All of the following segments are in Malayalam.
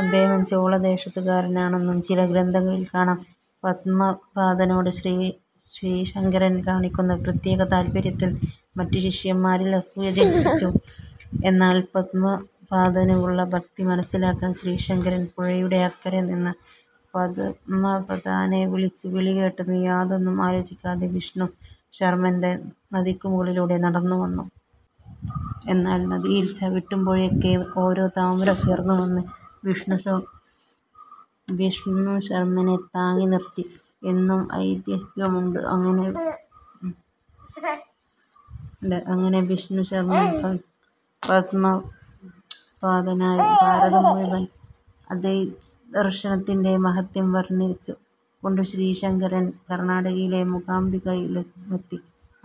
അദ്ദേഹം ചോള ദേശത്തുകാരനാണെന്നും ചില ഗ്രന്ഥങ്ങളിൽ കാണാം. പദ്മപാദനോട് ശ്രീശങ്കരൻ കാണിക്കുന്ന പ്രത്യേക താല്പര്യത്തിൽ മറ്റ് ശിഷ്യന്മാരിൽ അസൂയ ജനിപ്പിച്ചു. എന്നാൽ പദ്മപാദനുള്ള ഭക്തി മനസ്സിലാക്കാൻ ശ്രീശങ്കരൻ പുഴയുടെ അക്കരെ നിന്ന പദ്മപാദനെ വിളിച്ചു. വിളി കേട്ടതും യാതൊന്നും ആലോചിക്കാതെ വിഷ്ണുശർമ്മൻ നദിക്ക് മുകളിലൂടെ നടന്ന് വന്നു. എന്നാൽ നദിയിൽ ചവിട്ടുമ്പോഴൊക്കെ ഓരോ താമര ഉയർന്ന് വന്ന് വിഷ്ണുശർമ്മനെ താങ്ങി നിർത്തി എന്നും ഐതിഹ്യമുണ്ട്. അങ്ങനെ വിഷ്ണുശർമ്മൻ പദ്മപാദനായി. ഭാരതം മുഴുവൻ അദ്വൈതദർശനത്തിന്റെ മഹത്ത്വം വർണ്ണിച്ചു കൊണ്ട് ശ്രീശങ്കരൻ കർണ്ണാടകയിലെ മൂകാംബികയിലുമെത്തി.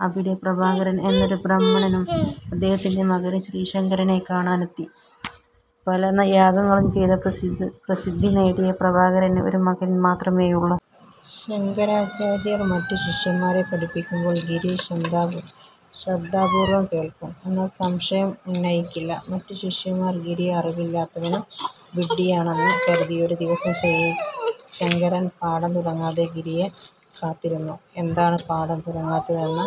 അവിടെ പ്രഭാകരൻ എന്നൊരു ബ്രാഹ്മണനും അദ്ദേഹത്തിന്റെ മകനും ശ്രീശങ്കരനെ കാണാനെത്തി. പല യാഗങ്ങളും ചെയ്ത പ്രസിദ്ധി നേടിയ പ്രഭാകരന് ഒരു മകൻ മാത്രമേയുള്ളു. ശങ്കരാചാര്യർ മറ്റ് ശിഷ്യന്മാരെ പഠിപ്പിക്കുമ്പോൾ ഗിരി ശ്രദ്ധാപൂർവം കേൾക്കും. എന്നാൽ സംശയം ഉന്നയിക്കില്ല. മറ്റ് ശിഷ്യന്മാർ ഗിരി അറിവില്ലാത്തവനും വിഡ്ഢിയാണെന്ന് കരുതി. ഒരു ദിവസം ശ്രീശങ്കരൻ പാഠം തുടങ്ങാതെ ഗിരിയെ കാത്തിരുന്നു. എന്താണ് പാഠം തുടങ്ങാത്തതെന്ന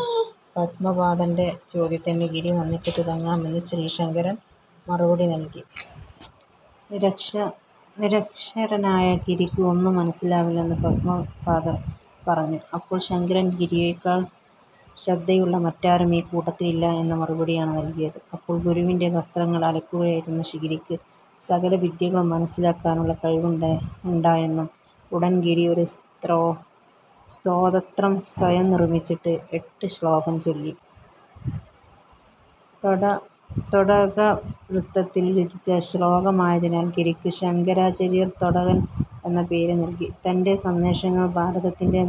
പദ്മപാദന്റെ ചോദ്യത്തിന് ഗിരി വന്നിട്ട് തുടങ്ങാമെന്ന് ശ്രീശങ്കരൻ മറുപടി നൽകി. നിരക്ഷരനായ ഗിരിക്ക് ഒന്നും മനസ്സിലാവില്ലെന്ന് പദ്മപാദർ പറഞ്ഞു. അപ്പോൾ ശങ്കരൻ ഗിരിയേക്കാൾ ശ്രദ്ധയുള്ള മറ്റാരും ഈ കൂട്ടത്തിലില്ല എന്ന മറുപടിയാണ് നൽകിയത്. അപ്പോൾ ഗുരുവിന്റെ വസ്ത്രങ്ങൾ അലക്കുകയായിരുന്ന ഗിരിക്ക് സകലവിദ്യകളും മനസ്സിലാക്കാനുള്ള കഴിവുണ്ടായെന്നും ഉടൻ ഗിരി ഒരു സ്തോത്രം സ്വയം നിർമ്മിച്ച് എട്ട് ശ്ലോകം ചൊല്ലി. തോടകവൃത്തത്തിൽ രചിച്ച ശ്ലോകമായതിനാൽ ഗിരിക്ക് ശങ്കരാചാര്യർ തോടകൻ എന്ന പേര് നൽകി. തന്റെ സന്ദേശങ്ങൾ ഭാരതത്തിന്റെ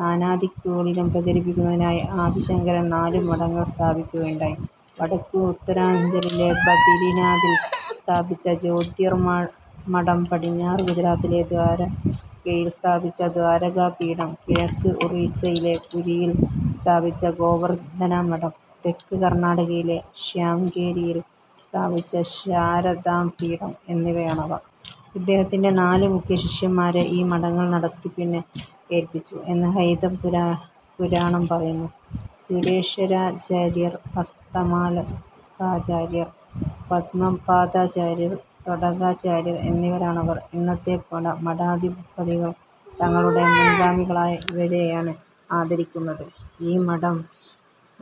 നാനാദിക്കുകളിലും പ്രചരിപ്പിക്കുന്നതിനായി ആദിശങ്കരൻ നാലു മഠങ്ങൾ സ്ഥാപിക്കുകയുണ്ടായി. വടക്ക് ഉത്തരാഞ്ചലിലെ ബദരിനാഥിൽ സ്ഥാപിച്ച ജ്യോതിർമഠം, പടിഞ്ഞാറ് ഗുജറാത്തിലെ ദ്വാരകയിൽ സ്ഥാപിച്ച ദ്വാരകാപീഠം, കിഴക്ക് ഒറീസ്സയിലെപുരിയിൽ സ്ഥാപിച്ച ഗോവർദ്ധനമഠം, തെക്ക് കർണാടകയിലെ ശൃംഗേരിയിൽ സ്ഥാപിച്ച ശാരദാപീഠം എന്നിവയാണവ. ഇദ്ദേഹത്തിന്റെ നാലു മുഖ്യ ശിഷ്യന്മാരെ ഈ മഠങ്ങൾ നടത്തിപ്പിന് ഏൽപ്പിച്ചു എന്ന് ഹൈന്ദവ പുരാണം പറയുന്നു. സുരേശ്വരാചാര്യർ, ഹസ്താമലകാചാര്യർ, പദ്മപാദാചാര്യർ തോടകാചാര്യർ എന്നിവരാണവർ. ഇന്നത്തെ മഠാധിപതികൾ തങ്ങളുടെ മുൻഗാമികളായി ഇവരെയാണ് ആദരിക്കുന്നത്. ഈ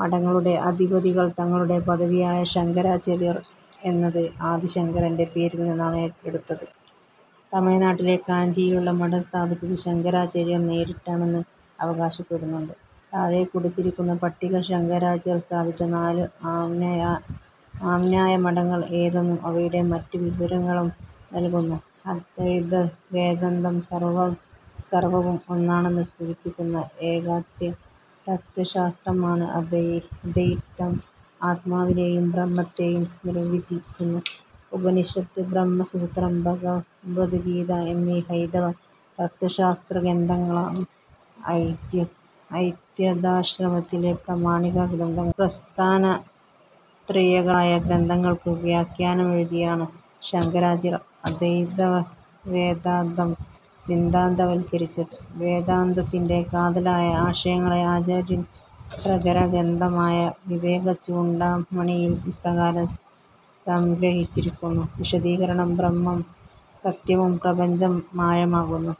മഠങ്ങളുടെ അധിപതികൾ തങ്ങളുടെ പദവിയായ ശങ്കരാചാര്യർ എന്നത് ആദിശങ്കരന്റെ പേരിൽ നിന്നാണ് എടുത്തത്. തമിഴ്നാട്ടിലെ കാഞ്ചിയിലുള്ള മഠം സ്ഥാപിച്ചത് ശങ്കരാചാര്യർ നേരിട്ടാണെന്ന് അവകാശപ്പെടുന്നുണ്ട്. താഴെക്കൊടുത്തിരിക്കുന്ന പട്ടിക, ശങ്കരാചാര്യർ സ്ഥാപിച്ച നാലു ആമ്നായ മഠങ്ങൾ ഏതെന്നും അവയുടെ മറ്റ് വിവരങ്ങളും നൽകുന്നു. അദ്വൈതവേദാന്തം സർവ്വവും ഒന്നാണെന്നു സൂചിപ്പിക്കുന്ന ഏകത്വ തത്ത്വശാസ്ത്രമാണു്. അദ്വൈതം ആത്മാവിനേയും ബ്രഹ്മത്തേയും നിർവചിക്കുന്നു. ഉപനിഷത്ത്, ബ്രഹ്മസൂത്രം, ഭഗവദ്ഗീത എന്നീ ഹൈന്ദവ തത്ത്വശാസ്ത്രഗ്രന്ഥങ്ങളാണു് അദ്വൈതാശ്രമത്തിലെ പ്രാമാണിക ഗ്രന്ഥങ്ങൾ. പ്രസ്ഥാനത്രയികളായ ഗ്രന്ഥങ്ങൾക്കു വ്യാഖ്യാനമെഴുതിയാണു ശങ്കരാചാര്യൻ അദ്വൈതവേദാന്തം സിദ്ധാന്തവൽക്കരിച്ചതു്. വേദാന്തത്തിന്റെ കാതലായ ആശയങ്ങളെ ആചാര്യൻ പ്രകരണഗ്രന്ഥമായ വിവേകചൂഡാമണിയിൽ ഇപ്രകാരം സംഗ്രഹിച്ചിരിക്കുന്നു: വിശദീകരണം: ബ്രഹ്മം സത്യവും, പ്രപഞ്ചം മായയുമാകുന്നു,